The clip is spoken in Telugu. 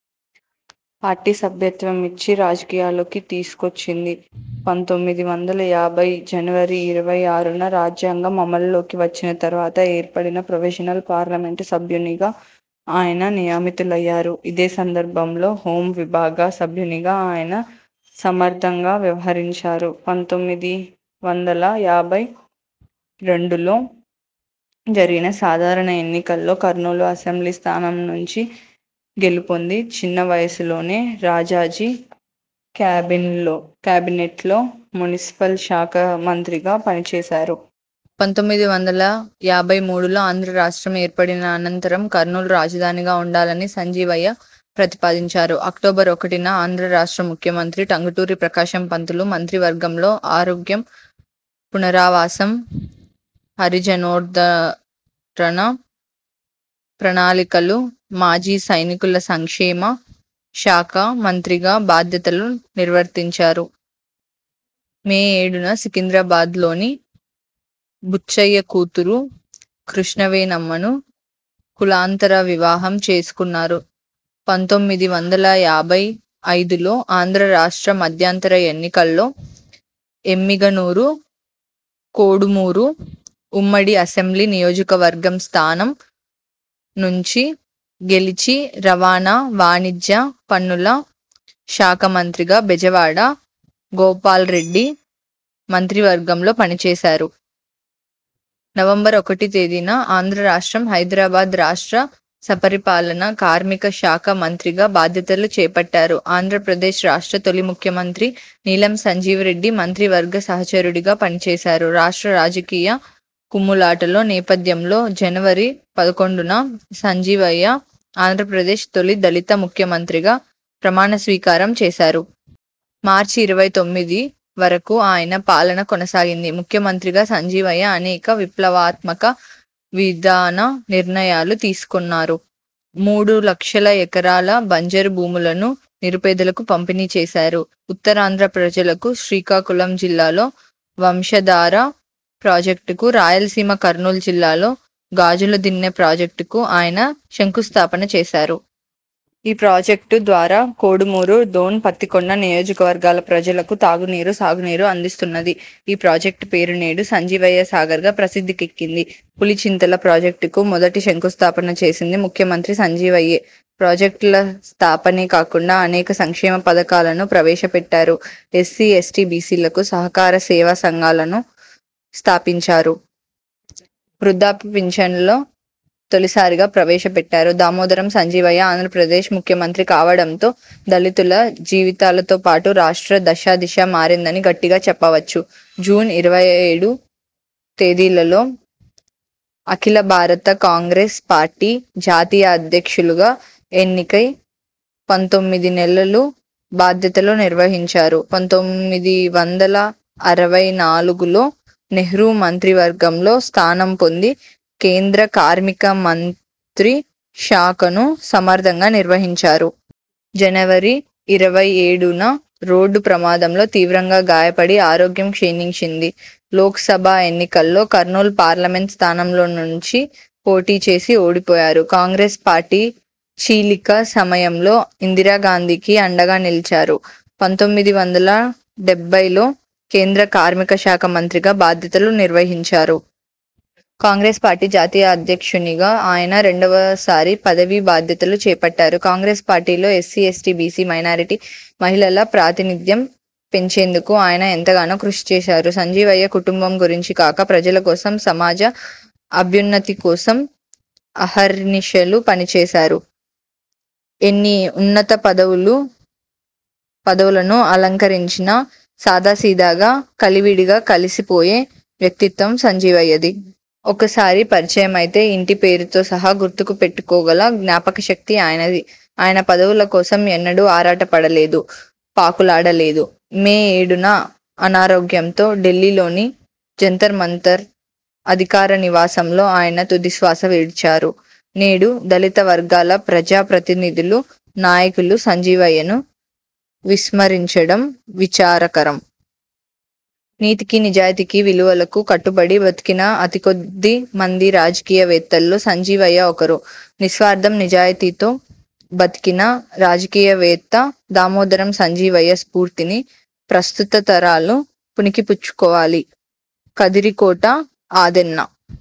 పార్టీ సభ్యత్వం ఇచ్చి, రాజకీయాల్లోకి తీసుకొచ్చింది. పంతొమ్మిది వందల యాభై జనవరి ఇరవై ఆరున రాజ్యాంగం అమలులోకి వచ్చిన తరువాత ఏర్పడిన ప్రొవిజినల్ పార్లమెంటు సభ్యునిగా ఆయన నియమితులయ్యారు. ఇదే సందర్భంలో హోం విభాగ సభ్యునిగా ఆయన సమర్థంగా వ్యవహరించారు. పంతొమ్మిది వందల యాభై రెండులో జరిగిన సాధారణ ఎన్నికల్లో కర్నూలు అసెంబ్లీ స్థానం నుంచి గెలుపొంది, చిన్న వయసులోనే రాజాజి క్యాబిన్ కేబినెట్లో మున్సిపల్ శాఖ మంత్రిగా పనిచేశారు. పంతొమ్మిది వందల యాభై మూడులో ఆంధ్ర రాష్ట్రం ఏర్పడిన అనంతరం కర్నూలు రాజధానిగా ఉండాలని సంజీవయ్య ప్రతిపాదించారు. అక్టోబర్ ఒకటిన ఆంధ్ర రాష్ట్ర ముఖ్యమంత్రి టంగుటూరి ప్రకాశం పంతులు మంత్రి వర్గంలో ఆరోగ్యం, పునరావాసం, హరిజనోద్ధరణ, ప్రణాళికలు, మాజీ సైనికుల సంక్షేమ శాఖ మంత్రిగా బాధ్యతలు నిర్వర్తించారు. మే ఏడున సికిందరాబాద్లోని బుచ్చయ్య కూతురు కృష్ణవేణమ్మను కులాంతర వివాహం చేసుకున్నారు. పంతొమ్మిది వందల యాభై ఐదులో ఆంధ్ర రాష్ట్ర మధ్యంతర ఎన్నికల్లో ఎమ్మిగనూరు–కోడుమూరు ఉమ్మడి అసెంబ్లీ నియోజకవర్గం స్థానం నుంచి గెలిచి రవాణా, వాణిజ్య పన్నుల శాఖ మంత్రిగా బెజవాడ గోపాల్రెడ్డి మంత్రివర్గంలో పనిచేశారు. నవంబర్ ఒకటితేదిన ఆంధ్ర రాష్ట్రం – హైదరాబాద్ రాష్ట్ర స్వపరిపాలన, కార్మిక శాఖ మంత్రిగా బాధ్యతలు చేపట్టారు. ఆంధ్రప్రదేశ్ రాష్ట్ర తొలి ముఖ్యమంత్రి నీలం సంజీవరెడ్డి మంత్రివర్గ సహచరుడుగా పనిచేశారు. రాష్ట్ర రాజకీయ కుమ్ములాటలో నేపథ్యంలో జనవరి పదకొండున సంజీవయ్య ఆంధ్రప్రదేశ్ తొలి దళిత ముఖ్యమంత్రిగా ప్రమాణ స్వీకారం చేశారు. మార్చి ఇరవై తొమ్మిది వరకు ఆయన పాలన కొనసాగింది. ముఖ్యమంత్రిగా సంజీవయ్య అనేక విప్లవాత్మక విధాన నిర్ణయాలు తీసుకొన్నారు. మూడు లక్షల ఎకరాల బంజరు భూములను నిరుపేదలకు పంపిణీ చేశారు. ఉత్తరాంధ్ర ప్రజలకు శ్రీకాకుళం జిల్లాలో వంశధార ప్రాజెక్టుకు, రాయలసీమ కర్నూలు జిల్లాలో గాజుల దిన్నె ప్రాకెక్టుకు ఆయన శంకుస్థాపన చేశారు. ఈ ప్రాజెక్టు ద్వారా కోడుమూరు, డోన్, పత్తికొండ నియోజకవర్గాల ప్రజలకు తాగునీరు, సాగునీరు అందిస్తున్నది. ఈ ప్రాజెక్టుపేరు నేడు సంజీవయ్య సాగర్గా ప్రసిద్ధికెక్కింది. పులిచింతల ప్రాజెక్టుకు మొదట శంకుస్థాపన చేసింది ముఖ్యమంత్రి సంజీవయ్యే. ప్రాజెక్టుల స్థాపనే కాకుండా అనేక సంక్షేమ పథకాలను ప్రవేశపెట్టారు. ఎస్సీ, ఎస్టీ, బీసీలకు సహకార సేవా సంఘాలను స్థాపించారు. వృద్ధాప్య పించన్లు తొలిసారిగా ప్రవేశపెట్టారు. దామోదరం సంజీవయ్య ఆంధ్రప్రదేశ్ ముఖ్యమంత్రి కావడంతో దళితుల జీవితాలతోపాటు రాష్ట్ర దశ, దిశ మారిందని గట్టిగా చెప్పవచ్చు. జూన్ ఇ రవై ఏడు తేదీలలో అఖిల భారత కాంగ్రెస్ పార్టీ జాతీయ అధ్యక్షులుగా ఎన్నికై పంతొమ్మిది నెలలు బాధ్యతలు నిర్వహించారు. పంతొమ్మిది వందల అరవై నాలుగులో నెహ్రూ మంత్రివర్గంలో స్థానం పొంది కేంద్ర కార్మిక మంత్రి శాఖను సమర్థంగా నిర్వహించారు. జనవరి ఇరవై ఏడున రోడ్డు ప్రమాదంలో తీవ్రంగా గాయపడి ఆరోగ్యం క్షీణించింది. లోక్సభ ఎన్నికల్లో్ కర్నూలు పార్లమెంట్ స్థానంలో నుంచి పోటీ చేసి ఓడిపోయారు. కాంగ్రెస్ పార్టీ చీలిక సమయంలో ఇందిరా గాంధీకి అండగా నిలిచారు. పంతొమ్మిది వందల డెబ్బైలో కేంద్ర కార్మిక శాఖ మంత్రిగా బాధ్యతలు నిర్వహించారు. కాంగ్రెస్ పార్ఠీ జాతీయ అధ్యక్షునిగా ఆయన రెండవసారి పదవీ బాధ్యతలు చేపట్టారు. కాంగ్రెస్ పార్టీలో ఎస్సీ, ఎస్టీ, బీసీ మైనారిటీ, మహిళల ప్రాతినిధ్యం పెంచేందుకు ఆయన ఎంతగానో కృషి చేశారు. సంజీవయ్య కుటుంబం గురించి కాక, ప్రజల కోసం, సమాజ అభ్యున్నతికోసం అహర్నిశలు పనిచేశారు. ఎన్ని ఉన్నత పదవులను అలంకరించినా సాదాసీదాగా కలివిడిగా కలిసిపోయే వ్యక్తిత్వం సంజీవయ్యది. ఒక్కసారి పరిచయమైతే ఇంటిపేరుతో సహా గుర్తుకు పెట్టుకోగల జ్ఞాపకశక్తి ఆయనది. ఆయన పదవులకోసం ఎన్నడూ ఆరాట పడలేదు, పాకులాడలేదు. మే ఏడున అనారోగ్యంతో ఢిల్లీలోని జంతర్మంతర్ అధికార నివాసంలో ఆయన తుది శ్వాస విడిచారు. నేడు దళిత వర్గాల ప్రజా ప్రతినిధులు, నాయకులు సంజీవయ్యను విస్మరించడం విచారకరం. నీతికి నిజాయితికి విలువలకు కట్టుబడి బతికిన అతికొద్ది మంది రాజకీయవేత్తలలో సంజీవయ్య ఒకరు. నిస్వార్థం, నిజాయితీతో బతికిన రాజకీయవేత్త దామోదరం సంజీవయ్య స్ఫూర్తిని ప్రస్తుత తరాలు పుణికిపుచ్చుకోవాలి. కదిరికోట ఆదెన్న